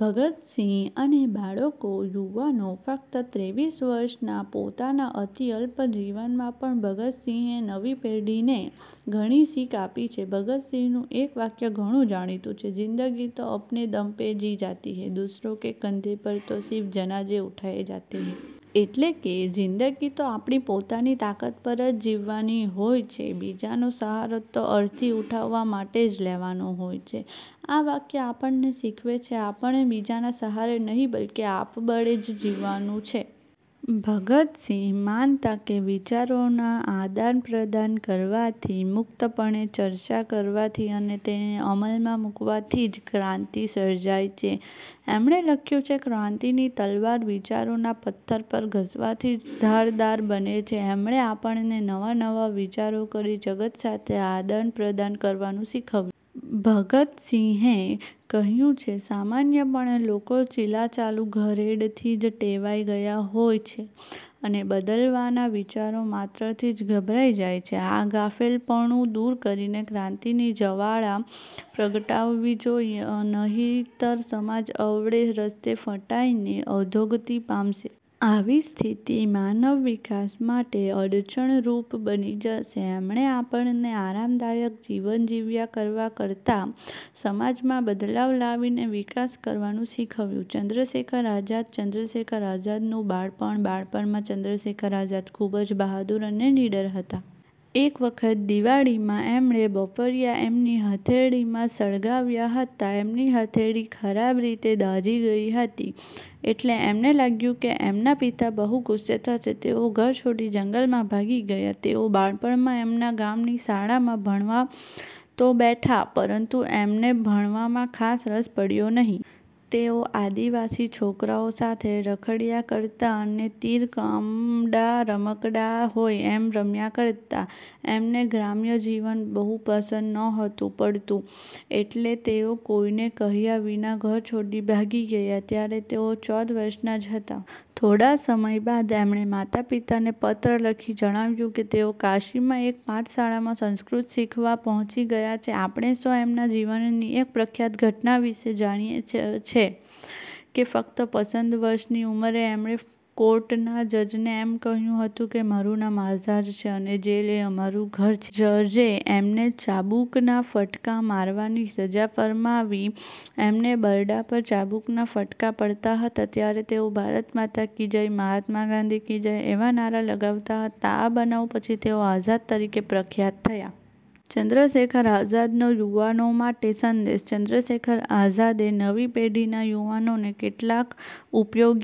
ભગતસિંહ અને બાળકો યુવાનો: ફક્ત ત્રેવીસ વર્ષના પોતાના અતિ અલ્પ જીવનમાં પણ ભગતસિંહે નવી પેઢીને ઘણી શીખ આપી છે. ભગતસિંહનું એક વાક્ય ઘણું જાણીતું છે, "જિંદગી તો અપને દમ પે જી જાતી હૈ, દૂસરોં કે કંધે પર તો સિર્ફ જનાજે ઉઠાયે જાતે હૈ." એટલે કે, "જિંદગી તો આપણી પોતાની તાકાત પર જ જીવવાની હોય છે. બીજાનો સહારો તો અર્થી ઉઠાવવા। માટે જ લેવાનો હોય." આ વાક્ય આપણને શીખવે છે કે આપણે બીજાને સહારે નહિ બલ્કે આપબળે જ જીવવાનું છે. ભગતસિંહ માનતા કે વિચારોના આદાનપ્રદાન કરવાથી, મુક્તપણે ચર્ચા કરવાથી અને તેને અમલમાં મુકવાથી જ ક્રાંતિ સર્જાય છે. એમણે લખ્યું છે "ક્રાંતિની તલવાર વિચારોના પથ્થર પર ઘસવાથી જ ધારદાર બને છે." એમણે આપણને નવા-નવા વિચારો કરી, જગત સાથે આદાનપ્રદાન કરવાનું શીખવ્યું. ભગતસિંહે કહ્યું છે, "સામાન્યપણે લોકો ચીલાચાલુ ઘરેડથી જ ટેવાઈ ગયા હોય છે અને બદલાવના વિચાર માત્રથી જ ગભરાઈ જાય છે. આ ગાફેલપણું દૂર કરીને ક્રાંતિની જવાળા પ્રગટાવવી જોઈએ. નહીંતર સમાજ અવળે રસ્તે ફંટાઈને અધોગતિ પામશે. આવી સ્થિતિ માનવ વિકાસ માટે અડચણરૂપ બની જશે." એમણે આપણને આરામદાયક જીવન જીવ્યા કરવા કરતાં સમાજમાં બદલાવ લાવીને વિકાસ કરવાનું શીખવ્યું. ચંદ્રશેખર આઝાદ: ચંદ્રશેખર આઝાદનું બાળપણ: બાળપણમાં ચંદ્રશેખર આઝાદ ખુબ જ બહાદુર અને નીડર હતા. એક વખત દિવાળીમાં એમણે બપોરીયા એમની હથેળીમાં સળગાવ્યા હતા. એમની હથેળી ખરાબ રીતે દાઝી ગઈ હતી એટલે એમને લાગ્યું કે એમના પિતા બહુ ગુસ્સે થશે. તેઓ ઘર છોડી જંગલમાં ભાગી ગયા! તેઓ બાળપણમાં એમના ગામની શાળામાં ભણવા તો બેઠા પરંતુ એમને ભણવામાં ખાસ રસ પડતો નહિ. તેઓ આદિવાસી છોકરાઓ સાથે રખડયા કરતા અને તીર કામઠાં રમકડાં હોય એમ રમ્યા કરતા. એમને ગ્રામ્ય જીવન બહુ પસંદ નહોતું પડતું એટલે તેઓ કોઈને કહ્યા વિના ઘર છોડી ભાગી ગયા. ત્યારે તેઓ ચૌદ વર્ષના જ હતા. થોડા સમય બાદ એમણે માતા પિતાને પત્ર લખી જણાવ્યું કે તેઓ કાશીમાં એક પાઠશાળામાં સંસ્કૃત શીખવા પહોંચી ગયા છે. આપણે સૌ એમના જીવનની એક પ્રખ્યાત ઘટના વિષે જાણીએ જ છીએ કે ફક્ત પંદર વર્ષની ઉંમરે એમણે કોર્ટના જજને એમ કહ્યું હતું કે મારુ નામ આઝાદ છે, અને જેલ એ મારું ઘર છે. જજે એમને ચાબુકના ફટકા મારવાની સજા ફરમાવી. એમને બરડા પર ચાબુકના ફટકા પડતા હતા ત્યારે તેઓ "ભારત માતા કી જય", "મહાત્મા ગાંધી કી જય" એવા નારા લગાવતા હતા. આ બનાવ પછી તેઓ આઝાદ તરીકે પ્રખ્યાત થયા. ચંદ્રશેખર આઝાદનો યુવાનો માટે સંદેશ: ચંદ્રશેખર આઝાદે નવી પેઢીના યુવાનોને કેટલાક ઉપયોગી